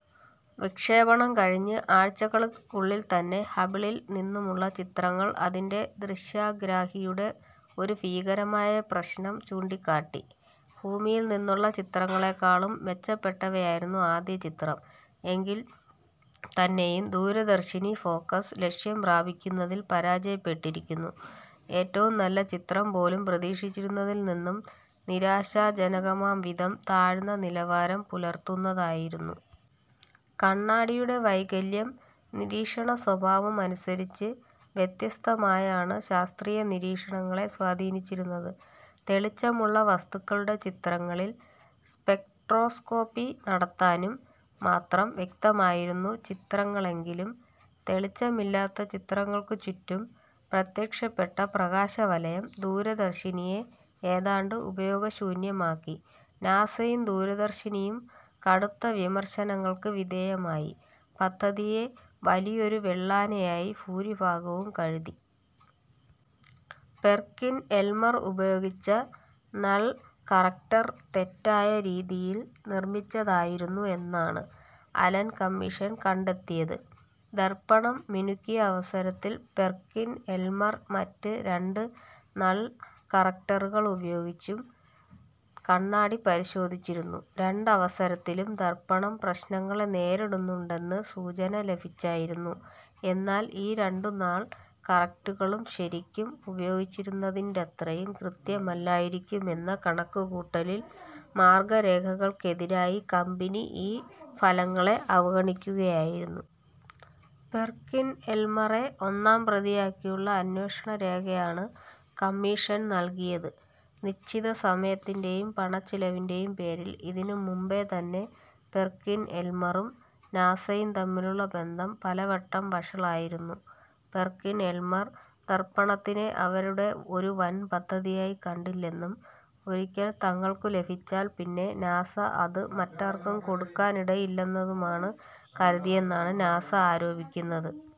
വിക്ഷേപണം കഴിഞ്ഞ് ആഴ്ച്ചകൾക്കുള്ളിൽ തന്നെ ഹബിളിൽ നിന്നുമുള്ള ചിത്രങ്ങൾ അതിന്റെ ദൃശ്യഗ്രാഹിയുടെ ഒരു ഭീകരമായ പ്രശ്നം ചൂണ്ടിക്കാട്ടി. ഭൂമിയിൽ നിന്നുള്ള ചിത്രങ്ങളേക്കാളും മെച്ചപ്പെട്ടവയായിരുന്നു ആദ്യചിത്രം എങ്കിൽ തന്നേയും, ദൂരദർശിനി ഫോകസ് ലക്ഷ്യം പ്രാപിക്കുന്നതിൽ പരാജയപ്പെട്ടിരുന്നു. ഏറ്റവും നല്ല ചിത്രം പോലും പ്രതീക്ഷിച്ചിരുന്നതിൽ നിന്നും നിരാശാജനകമാം വിധം താഴ്ന്ന നിലവാരം പുലർത്തുന്നതായിരുന്നു. കണ്ണാടിയുടെ വൈകല്യം നിരീക്ഷണ സ്വഭാവം അനുസരിച്ച് വ്യത്യസ്തമായാണ് ശാസ്ത്രീയ നിരീക്ഷണങ്ങളെ സ്വാധീനിച്ചിരുന്നത്. തെളിച്ചമുള്ള വസ്തുക്കളുടെ ചിത്രങ്ങളിൽ സ്പെക്ട്രോസ്കോപി നടത്താനും മാത്രം വ്യക്തമായിരുന്നു ചിത്രങ്ങളെങ്കിലും, തെളിച്ചമില്ലാത്ത ചിത്രങ്ങൾക്കു ചുറ്റും പ്രത്യക്ഷപ്പെട്ട പ്രകാശവലയം ദൂരദർശിനിയെ ഏതാണ്ട് ഉപയോഗശൂന്യമാക്കി. നാസയും ദൂരദർശിനിയും കടുത്ത വിമർശനങ്ങൾക്ക് വിധേയമായി, പദ്ധതിയെ വലിയൊരുവെള്ളാനയായി ഭൂരിഭാഗവും കരുതി. പെർകിൻ-എൽമർ ഉപയോഗിച്ച നൾ കറക്റ്റർ തെറ്റായ രീതിയിൽ നിർമ്മിച്ചതായിരുന്നു എന്നാണ് അലൻ കമ്മീഷൻ കണ്ടെത്തിയത്. ദർപ്പണം മിനുക്കിയ അവസരത്തിൽ പെർകിൻ-എൽമർ മറ്റ് രണ്ട് നൾ കറക്റ്ററുകൾ ഉപയോഗിച്ചും കണ്ണാടി പരിശോധിച്ചിരുന്നു. രണ്ടവസരത്തിലും ദർപ്പണം പ്രശ്നങ്ങളെ നേരിടുന്നുണ്ടെന്ന് സൂചന ലഭിച്ചായിരുന്നു. എന്നാൽ ഈ രണ്ടു നൾ കറക്റ്ററുകളും ശരിക്കും ഉപയോഗിച്ചിരുന്നതിന്റെയത്രയും കൃത്യമല്ലായിരിക്കും എന്ന കണക്കുകൂട്ടലിൽ മാർഗ്ഗരേഖകൾക്കെതിരായി കമ്പനി ഈ ഫലങ്ങളെ അവഗണിക്കുകയായിരുന്നു. പെർകിൻ-എൽമറെ ഒന്നാംപ്രതിയാക്കിയുള്ള അന്വേഷണരേഖയാണ് കമ്മീഷൻ നൽകിയത്. നിശ്ചിത സമയത്തിന്റേയും പണച്ചിലവിന്റേയും പേരിൽ ഇതിനു മുമ്പേതന്നെ പെർകിൻ-എൽമറും നാസയും തമ്മിലുള്ള ബന്ധം പലവട്ടം വഷളായിരുന്നു. പെർകിൻ-എൽമർ ദർപ്പണത്തിനെ അവരുടെ ഒരു വൻ പദ്ധതിയായി കണ്ടില്ലെന്നും ഒരിക്കൽ തങ്ങൾക്കു ലഭിച്ചാൽ പിന്നെ നാസ അത് മറ്റാർക്കും കൊടുക്കാനിടയില്ലെന്നുമാണ് കരുതിയെന്നാണ് നാസ ആരോപിക്കുന്നത്.